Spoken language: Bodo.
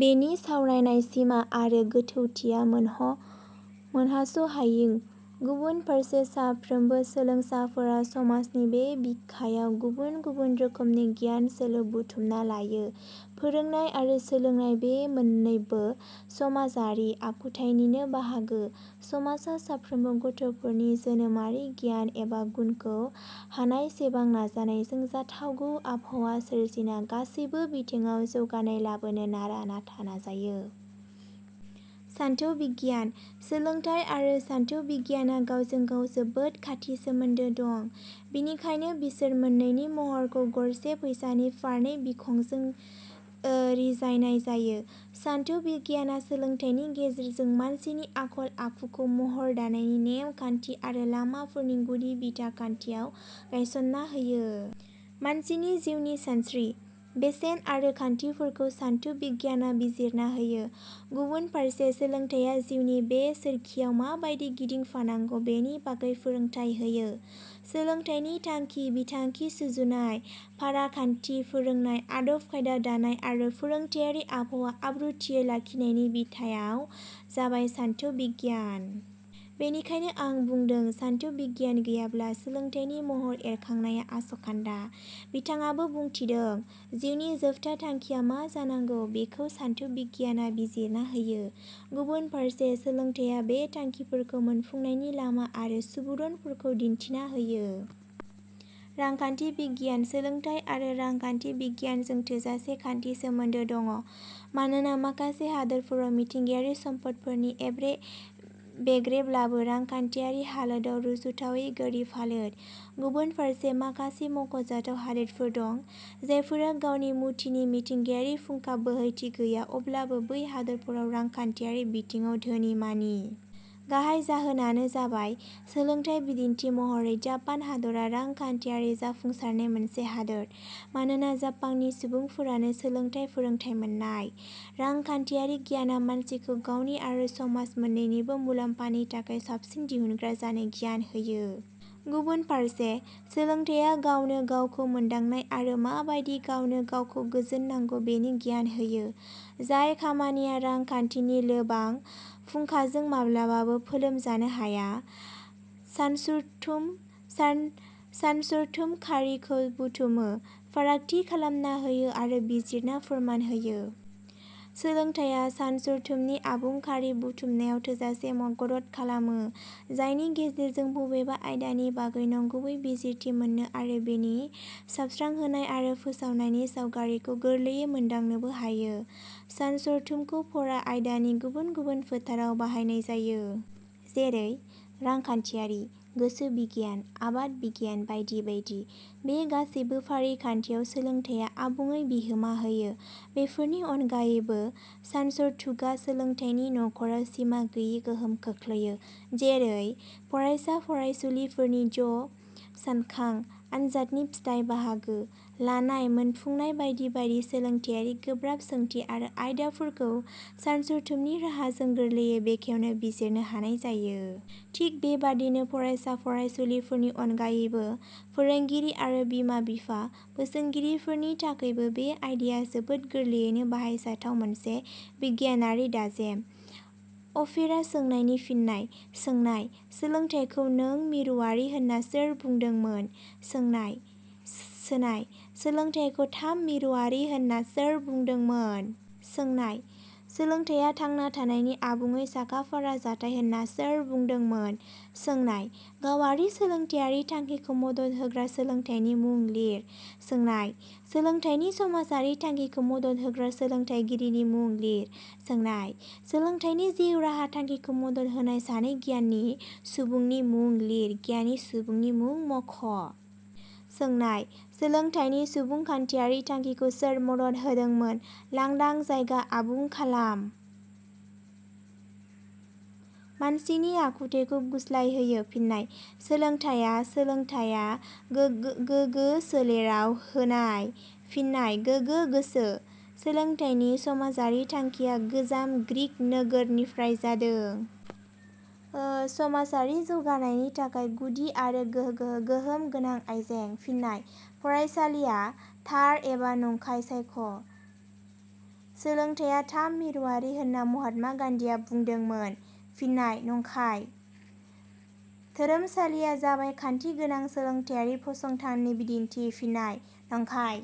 बेनि सावरायनाय सिमा आरो गोथौथिया मोनहास 'हायि। गुबुन फारसे साफ्रोमबो सोलोंसाफोरा समाजनि बे बिखायाव गुबुन गुबुन रोखोमनि गियानसोलो बुथुमना लायो। फोरोंनाय आरो सोलोंनाय बे मोन्नैबो समाजारि आखुथाइनिनो बाहागो समाजा साफ्रोमबो गथ 'फोरनि जोनोमारि गियान एबा गुनखौ हानायसेबां नाजानायजों जाथावगौ आबहावा सोरजिना गासैबो बिथिडाव जौगानाय लाबोनो नारा-नाथा नाजायो। सानथौ बिगियान: सोलोंथाइ आरो सानथौ बिगियाना गावजों गाव जोबोद खाथि सोमोन्दो दं। बेखायनो बिसोर मोन्नैनि महरखौ गरसे फैसानि फारनै बिखुंजों रिजायनाय जायो। सानथौ बिगियाना सोलोंथाइनि गेजेरजों मानसिनि आखल-आखुखौ महर दानायनि नेम-खान्थि आरो लामाफोरनि गुदि बिथा खुन्थिया गायसन्ना होयो। मानसिनि जिउनि सानस्त्रि, बेसेन आरो खान्थिफोरखौ सान्थौ बिगियाना बिजिरना होयो गुबुन फारसे सोलोंथाइया जिउनि बे सोरखियाव माबादि गिदिंफानांगौ बेनि बागै फोरोंथाइ होयो। सोलोंथाइनि थांखि बिथांखि सुजुनाय, फराखान्थि, फोरोंनाय आदब- खायदा दानाय आरो फोरोंथाइयारि आबहावा आब्रुथियै लाखिनायनि बिथायां जाबाय सानथौ बिगियान। बेनिखायनो आ बुंदों सानथौ बिगियान गैयाब्ला सोलोंथाइनि महर एरखांनाया आस'खान्दा। बिथाङाबो बुंथिदों- जिउनि जोबथा थांखिया मा जानांगौ बेखौ सानथौ बिगियाना बिजिरना होयो गुबुन फारसे सोलोंथाइया बे थांखिफोरखौ मोनफुंनायनि लामा आरो सुबुरुनफोरखौ दिन्थिना होयो। रांखान्थि बिगियान: सोलोंथाइ आरो रांखान्थि बिगियानजों थोजासे खाथि सोमोन्दो दं। मानोना माखासे हादोरफोराव मिथिंगायारि सम्मदफोरनि एग्रे-बेग्रेब्लाबो रांखान्थियारि हालोदाव रुजुथावै गोरिब हालोद। गुबुन फारसे माखासे मख'जाथाव हादोरफोर दं जायफोरा गावनि मुथिनि मिथिंगायारि फुंखा-बोहैथि गैया अब्लाबो बै हादरफोरा रांखान्थियारि बिथिडाव धोनि-मानि। गाहाइ जाहोनानो जाबाय सोलोंथाइ। बिदिन्थि महरै जापान हादरा रांखान्थियारि जाफुंसारनाय मोनसे हादर मानोना जापाननि सुबुंफोरानो सोलोंथाइ – फोरोंथाइ मोन्नाय। रांखान्थियारि गियाना मानसिखौ गावनि आरो समाज मोन्नैनिबो मुलाम्फानि थाखाय साबसिन दिहुनग्रा जानो गियान होयो। गुबुन फारसे सोलोंथाइया गावनो गावखौ मोन्दांनाय आरो माबादि गावनो गावखौ गोजोननांगौ बेनि गियान होयो। जाय खामानिया रांखान्थिनि लोबां फुंखाजों माब्लाबाबो फोलोमजानो हाया। सानसुरथुम: सानसरथुमा खारि खौ बुथुमो, फारागथि खालामना होयो आरो बिजिरना फोरमायना होयो। सोलोंथाइया सानसरथुमनि आबुं खारि बुथुमनायाव थोजासे गदद खालामो। जायनि गेजेरजों बबेबा आयदानि बागै नंगुबै बिजिरथि मोनो आरो बेनि साबस्रांहोनाय आरो फोसाबनायनि सावगारिखौ गोरलैयै मोन्दांनोबो हायो। सानसरथुमखौ फरा आयदानि गुबुन गुबुन फोथाराव बाहायनाय जायो। जैरे- रांखान्थियारि, गोसो बिगियान, आबाद बिगियान बायदि बायदि। बे गासैबो फारिखान्थियाव सोलोंथाइया आबुडै बिहोमा होयो। बेफोरनि अनगायैबो सानसरथुगा सोलोंथाइनि न'खराव सिमा-गैयि गोहोम खोख्लैयो। जेरै- फरायसा फरायसुलिफोरनि ज सानखां, आनजादनि फिथाइ, बाहागो। लानाय, मोनफुंनाय बायदि बायदि सोलोंथाइयारि गोब्राब सोंथि आरो आयदाफोरखौ सानसरथुमनि राहाजों गोरलैयै बेखेवनो-बिजिरनो हानाय जायो। थिग बेबादिनो फरायसा-फरायसुलिफोरनि अनगायैबो फोरोंगिरि आरो बिमा-बिफा, बोसोनगिरिफोरनि थाखैबो बे आयदाया जोबोद गोरलैयैनो बाहायजाथाव मोनसे बिगियानआरि दाजेम। उफेरा सोंनायनि फिननाय सोंनाय. सोलोंथाइखौ नै मिरुवारि होन्ना सोर बुंदोंमोन? सोनाय-. सोलोंथाइखौ थाम मिरुवारि होन्ना सोर बुंदोंमोन? सोंनाय. सोलोंथाइया थांना थानायनि आबुङै साखा-फारा जाथाय होन्ना सोर बुंदोंमोन? सोंनाय-. गावारि सोलोंथाइयारि थांखिखौ मदद होग्रा सोलोंथाइगिरिनि मुं लिर। सोनाय-. सोलोंथाइनि समाजारि थांखिखौ मदद होग्रा सोलोंथाइगिरिनि मुं लिर। सोंनाय-. सोलोंथाइनि जिउराहा थांखिखौ मदद होन्नाय सानै गियानि सुबुंनि मुं मुंख'। सोंनाय-. सोलोंथाइनि सुबुंखान्थियारि थांखिखौ सोर मदद होदोंमोन?. लांदां जायगा आबुं खालाम:……….. मानसिनि आखुथाइफोरखौ गुस्लाय होयो। फिननाय: सोलोंथाइया।. सोलोंथाइया गोगो सोलेराव…….. होनाय। फिननाय: गोगो गोसो।. सोलोंथाइनि समाजारि थांखिया गोजाम ग्रिक नोगोर……… निफ्राय जादोंमोन।……… समाजारि जौगानायनि थाखाय गुदि आरो गोहोम गोनां आयजें। फिननाय: फरायसालिया।. थार एबा नंखाय सायख':. सोलोंथाइया थाम मिरुवारि होन्ना महात्मा गान्धिया बुंदोंमोन। फिननाय: नंखाय।. धोरोमसालिया जाबाय खान्थि गोनां सोलोंथाइयारि फसंथाननि बिदिन्थि। फिननाय: नंखाय।.